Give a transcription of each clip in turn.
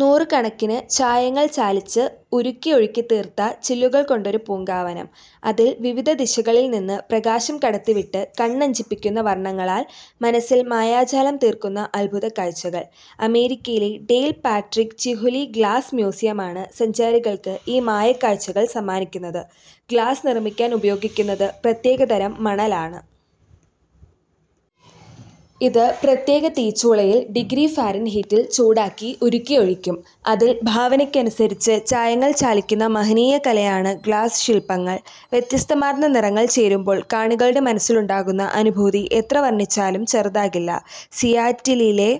നൂറുകണക്കിന് ചായങ്ങൾ ചാലിച്ച് ഉരുക്കിയൊഴുക്കിത്തീർത്ത ചില്ലുകൾ കൊണ്ടൊരു പൂങ്കാവനം. അതിൽ വിവിധ ദിശകളിൽ നിന്ന് പ്രകാശം കടത്തിവിട്ട് കണ്ണഞ്ചിപ്പിക്കുന്ന വർണങ്ങളാൽ മനസിൽ മായാജാലം തീർക്കുന്ന അത്ഭുതക്കാഴ്ചകൾ. അമേരിക്കയിലെ ഡേൽ പാട്രിക് ചിഹുലി ഗ്ലാസ് മ്യൂസിയമാണ് സഞ്ചാരികൾക്ക് ഈ മായക്കാഴ്ചകൾ സമ്മാനിക്കുന്നത്. ഗ്ലാസ് നിർമിക്കാൻ ഉപയോഗിക്കുന്നത് പ്രത്യേകതരം മണലാണ്. ഇത് പ്രത്യേക തീച്ചൂളയിൽ ഡിഗ്രി ഫാരെൻഹീറ്റിൽ ചൂടാക്കി ഉരുക്കിയൊഴിക്കും. അതിൽ ഭാവനയ്ക്കനുസരിച്ച് ചായങ്ങൾ ചാലിക്കുന്ന മഹനീയ കലയാണ് ഗ്ലാസ് ശില്പങ്ങൽ. വ്യത്യസ്തമാർന്ന നിറങ്ങൾ ചേരുമ്പോൾ കാണികളുടെ മനസിലുണ്ടാകുന്ന അനുഭൂതി എത്ര വർണിച്ചാലും ചെറുതാകില്ല. സിയാറ്റിലിലെ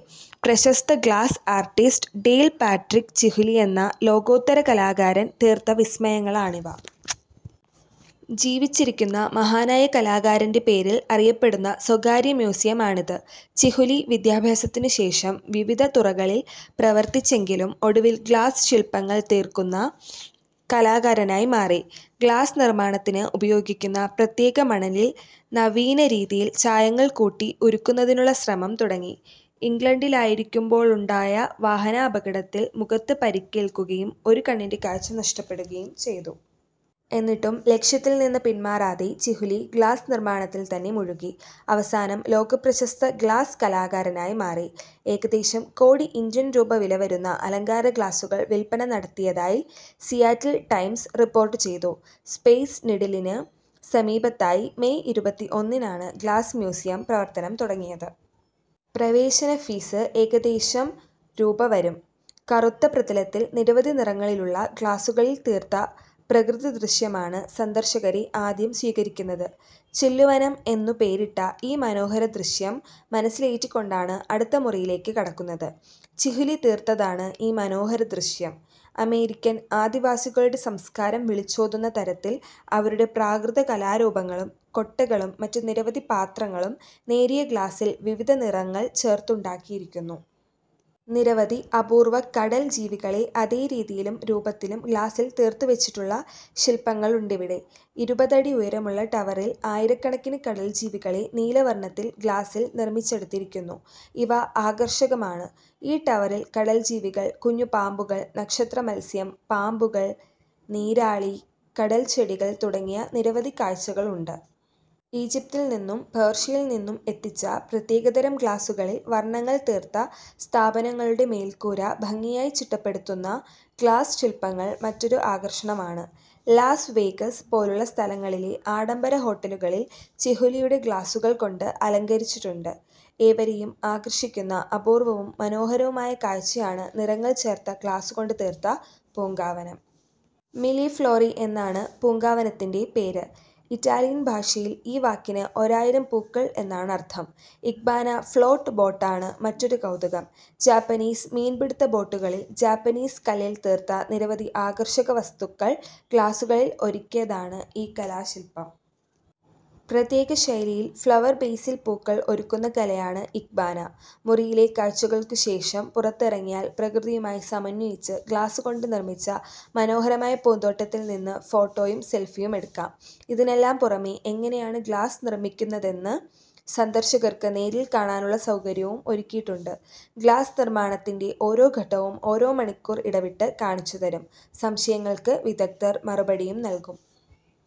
പ്രശസ്ത ഗ്ലാസ് ആർടിസ്റ്റ് ഡേൽ പാട്രിക് ചിഹുലിയെന്ന ലോകോത്തര കലാകാരൻ തീർത്ത വിസ്മയങ്ങളാണിവ. ജീവിച്ചിരിക്കുന്ന മഹാനായ കലാകാരന്റെ പേരിൽ അറിയപ്പെടുന്ന സ്വകാര്യ മ്യൂസിയമാണിത്. ചിഹുലി വിദ്യാഭ്യാസത്തിനുശേഷം വിവിധ തുറകളിൽ പ്രവർത്തിച്ചെങ്കിലും ഒടുവിൽ ഗ്ലാസ് ശില്പങ്ങൾ തീർക്കുന്ന കലാകാരനായി മാറി. ഗ്ലാസ്നിർമാണത്തിന് ഉപയോഗിക്കുന്ന പ്രത്യേക മണലിൽ നവീനരീതിയിൽ ചായങ്ങൾ കൂട്ടി ഉരുക്കുന്നതിനുള്ള ശ്രമം തുടങ്ങി. ഇംഗ്ലണ്ടിലായിരിക്കുമ്പോളുണ്ടായ വാഹനാപകടത്തിൽ മുഖത്ത് പരിക്കേൽക്കുകയും ഒരു കണ്ണിന്റെ കാഴ്ച നഷ്ടപ്പെടുകയും ചെയ്തു. എന്നിട്ടും ലക്ഷ്യത്തിൽ നിന്ന് പിന്മാറാതെ ചിഹുലി ഗ്ലാസ് നിർമാണത്തിൽ തന്നെ മുഴുകി. അവസാനം ലോകപ്രശസ്ത ഗ്ലാസ് കലാകാരനായി മാറി. ഏകദേശം കോടി ഇന്ത്യൻ രൂപ വിലവരുന്ന അലങ്കാര ഗ്ലാസുകൾ വില്പന നടത്തിയതായി സിയാറ്റിൽ ടൈംസ് റിപ്പോർട്ട് ചെയ്തു. സ്പേസ് നിഡിലിന് സമീപത്തായി മേയ് ഇരുപത്തിഒന്നിനാണ് ഗ്ലാസ് മ്യൂസിയം പ്രവർത്തനം തുടങ്ങിയത്. പ്രവേശന ഫീസ് ഏകദേശം രൂപ വരും. കറുത്ത പ്രതലത്തിൽ നിരവധി നിറങ്ങളിലുള്ള ഗ്ലാസുകളിൽ തീര്ത്ത പ്രകൃതിദൃശ്യമാണ് സന്ദർശകരെ ആദ്യം സ്വീകരിക്കുന്നത്. ചില്ലുവനം എന്നുപേരിട്ട ഈ മനോഹരദൃശ്യം മനസിലേറ്റിക്കൊണ്ടാണ് അടുത്ത മുറിയിലേക്ക് കടക്കുന്നത്. ചിഹുലി തീർത്തതാണ് ഈ മനോഹര ദൃശ്യം. അമേരിക്കൻ ആദിവാസികളുടെ സംസ്കാരം വിളിച്ചോതുന്ന തരത്തിൽ അവരുടെ പ്രാകൃതകലാരൂപങ്ങളും കൊട്ടകളും മറ്റ് നിരവധി പാത്രങ്ങളും നേരിയ ഗ്ലാസിൽ വിവിധ നിറങ്ങൾ ചേർത്തുണ്ടാക്കിയിരിക്കുന്നു. നിരവധി അപൂർവ്വ കടൽ ജീവികളെ അതേരീതിയിലുംരൂപത്തിലും ഗ്ലാസിൽ തീർത്തുവെച്ചിട്ടുള്ള ശില്പങ്ങളുണ്ടിവിടെ. ഇരുപത് അടി ഉയരമുള്ള ടവറിൽ ആയിരക്കണക്കിന് കടൽ ജീവികളെ നീലവർണ്ണത്തിൽ ഗ്ലാസിൽ നിർമിച്ചെടുത്തിരിക്കുന്നു. ഇവ ആകർഷകമാണ്. ഈ ടവറിൽ കടൽ ജീവികൾ, കുഞ്ഞുപാമ്പുകൾ, നക്ഷത്ര മത്സ്യം, പാമ്പുകൾ, നീരാളി, കടൽച്ചെടികൾ തുടങ്ങിയ നിരവധി കാഴ്ചകളുണ്ട്. ഈജിപ്തിൽ നിന്നും പേർഷ്യയിൽനിന്നും നിന്നും എത്തിച്ച പ്രത്യേകതരം ഗ്ലാസുകളിൽ വർണ്ണങ്ങൾ തീർത്ത സ്ഥാപനങ്ങളുടെ മേൽക്കൂര ഭംഗിയായി ചിട്ടപ്പെടുത്തുന്ന ഗ്ലാസ് ശില്പങ്ങൾ മറ്റൊരു ആകർഷണമാണ്. ലാസ് വേഗസ് പോലുള്ള സ്ഥലങ്ങളിലെ ആഡംബര ഹോട്ടലുകളിൽ ചിഹുലിയുടെ ഗ്ലാസുകൾ കൊണ്ട് അലങ്കരിച്ചിട്ടുണ്ട്. ഏവരേയും ആകർശിക്കുന്ന അപൂർവ്വവും മനോഹരവുമായ കാഴ്ചയാണ് നിറങ്ങൾ ചേർത്ത ഗ്ലാസുകൊണ്ട് തീർത്ത പൂങ്കാവനം. മില്ലി ഫ്ലോറി എന്നാണ് പൂങ്കാവനത്തിന്റെ പേര്. ഇറ്റാലിയൻ ഭാഷയിൽ ഈ വാക്കിന് ഒരായിരം പൂക്കൾ എന്നാണ് അർത്ഥം. ഇക്ബാന ഫ്ളോട്ട് ബോട്ടാണ് മറ്റൊരു കൗതുകം. ജാപ്പനീസ് മീൻപിടുത്ത ബോട്ടുകളിൽ, ജാപ്പനീസ് കല്ലിൽ തീർത്ത നിരവധി ആകർഷക വസ്തുക്കൾ ഗ്ലാസുകളിൽ ഒരുക്കിയതാണ് ഈ കലാശില്പം. പ്രത്യേകശൈലിയിൽ ഫ്ളവർ ബേസിൽ പൂക്കൾ ഒരുക്കുന്ന കലയാണ് ഇക്ബാന. മുറിയിലെ കാഴ്ചകൾക്കു ശേഷം പുറത്തിറങ്ങിയാൽ പ്രകൃതിയുമായി സമന്വയിച്ച് ഗ്ലാസുകൊണ്ട് നിർമ്മിച്ച മനോഹരമായ പൂന്തോട്ടത്തിൽ നിന്ന് ഫോട്ടോയും സെൽഫിയുമെടുക്കാം. ഇതിനെല്ലാം പുറമേ എങ്ങനെയാണ് ഗ്ലാസ് നിർമിക്കുന്നതെന്ന് സന്ദര്ശകർക്ക് നേരിൽ കാണാനുള്ള സൗകര്യവും ഒരുക്കിയിട്ടുണ്ട്. ഗ്ലാസ് നിർമ്മാണത്തിന്റെ ഓരോ ഘട്ടവും ഓരോ മണിക്കൂർ ഇടവിട്ട് കാണിച്ചുതരും. സംശയങ്ങൾക്ക് വിദഗ്ധർ മറുപടിയും നൽകും.